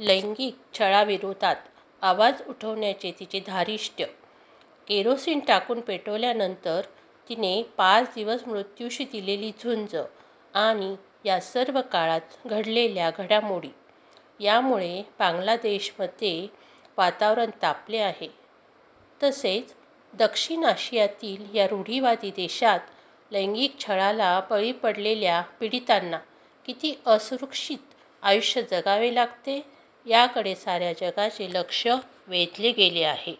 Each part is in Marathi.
लैंगिक छळाविरोधात आवाज उठवण्याचे तिचे धारिष्ट्य, केरोसीन टाकून पेटवल्यानंतर तिने पाच दिवस मृत्यूशी दिलेली झुंज आणि या सर्व काळात घडलेल्या घडामोडी, यामुळे बांगलादेशमध्ये वातावरण तापले आहे. तसेच दक्षिण आशियातील या रूढिवादी देशात लैंगिक छळाला बळी पडलेल्या पीडितांना किती असुरक्षित आयुष्य जगावे लागते, याकडे साऱ्या जगाचे लक्ष वेधले गेले आहे.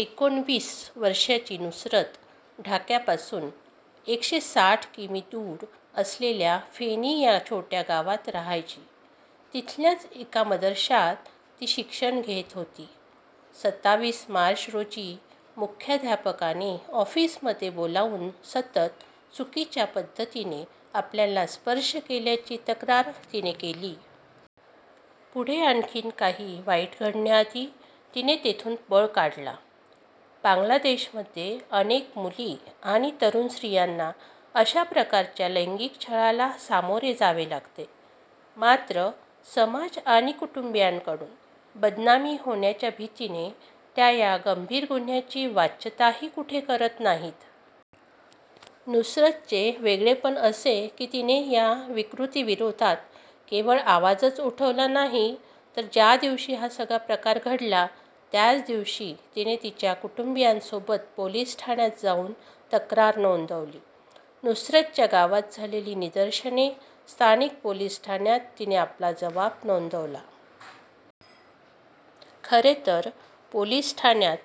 एकोणविस वर्षांची नुसरत ढाक्यापासून एकशे साठ किमी दूर असलेल्या फेनी या छोट्या गावात राहायची. तिथल्याच एका मदरशात ती शिक्षण घेत होती. सताविस मार्च रोजी मुख्याध्यापकाने ऑफिसमध्ये बोलावून सतत चुकीच्या पद्धतीने आपल्याला स्पर्श केल्याची तक्रार तिने केली. पुढे आणखी काही वाईट घडण्याआधी तिने तिथून पळ काढला. बांगलादेशमध्ये अनेक मुली आणि तरुण स्त्रियांना अशा प्रकारच्या लैंगिक छळाला सामोरे जावे लागते. मात्र समाज आणि कुटुंबीयांकडून बदनामी होण्याच्या भीतीने त्या या गंभीर गुन्ह्याची वाच्यताही कुठे करत नाहीत. नुसरतचे वेगळेपण असे की तिने या विकृतीविरोधात केवळ आवाजच उठवला नाही तर ज्या दिवशी हा सगळा प्रकार घडला त्याच दिवशी तिने तिच्या कुटुंबीयांसोबत पोलीस ठाण्यात जाऊन तक्रार नोंदवली. नुसरतच्या गावात झालेली निदर्शने स्थानिक पोलीस ठाण्यात तिने आपला जबाब नोंदवला. खरेतर पोलीस ठाण्यात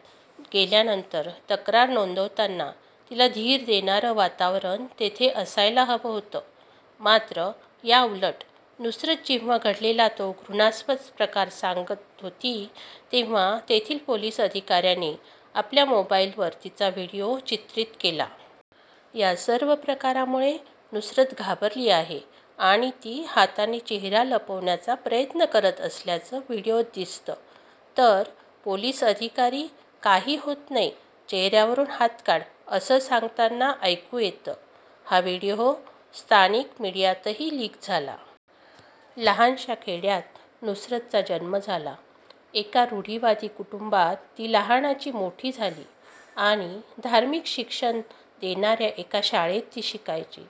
गेल्यानंतर तक्रार नोंदवताना तिला धीर देणारं वातावरण तिथे असायला हवं होतं. मात्र, याउलट नुसरत जेव्हा घडलेला तो घृणास्पद प्रकार सांगत होती तेव्हा तेथील पोलीस अधिकाऱ्याने आपल्या मोबाईलवर तिचा व्हिडिओ चित्रित केला. या सर्व प्रकारामुळे नुसरत घाबरली आहे आणि ती हाताने चेहरा लपवण्याचा प्रयत्न करत असल्याचं व्हिडिओत दिसतं. तर पोलीस अधिकारी काही होत नाही, चेहऱ्यावरून हात काढ, असं सांगताना ऐकू येतं. हा व्हिडिओ स्थानिक मीडियातही लीक झाला. लहानशा खेड्यात नुसरतचा जन्म झाला. एका रूढिवादी कुटुंबात ती लहानाची मोठी झाली आणि धार्मिक शिक्षण देणाऱ्या एका शाळेत ती शिकायची.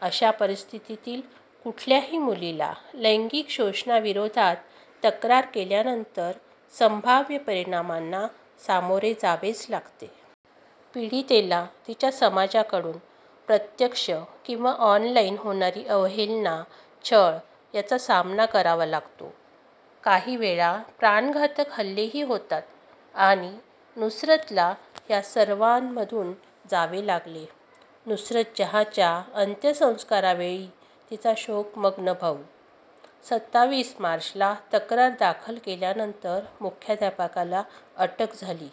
अशा परिस्थितीतील कुठल्याही मुलीला लैंगिक शोषणाविरोधात तक्रार केल्यानंतर संभाव्य परिणामांना सामोरे जावेच लागते. पीडितेला तिच्या समाजाकडून प्रत्यक्ष किंवा ऑनलाईन होणारी अवहेलना, छळ याचा सामना करावा लागतो. काही वेळा प्राणघातक हल्लेही होतात आणि नुसरतला या सर्वांमधून जावे लागले. नुसरत जहाँच्या अंत्यसंस्कारावेळी तिचा शोकमग्न भाऊ सताविस मार्चला तक्रार दाखल केल्यानंतर मुख्याध्यापकाला अटक झाली.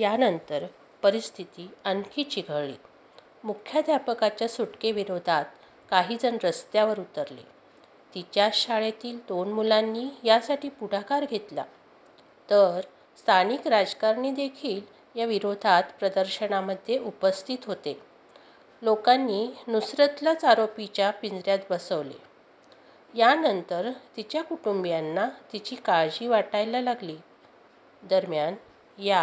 यानंतर परिस्थिती आणखी चिघळली. मुख्यध्यापकाच्या सुटकेविरोधात काही जण रस्त्यावर उतरले. तिच्याच शाळेतील दोन मुलांनी यासाठी पुढाकार घेतला. तर स्थानिक राजकारणीदेखील या विरोधात प्रदर्शनामध्ये उपस्थित होते. लोकांनी नुसरतलाच आरोपीच्या पिंजऱ्यात बसवले. यानंतर तिच्या कुटुंबीयांना तिची काळजी वाटायला लागली. दरम्यान, या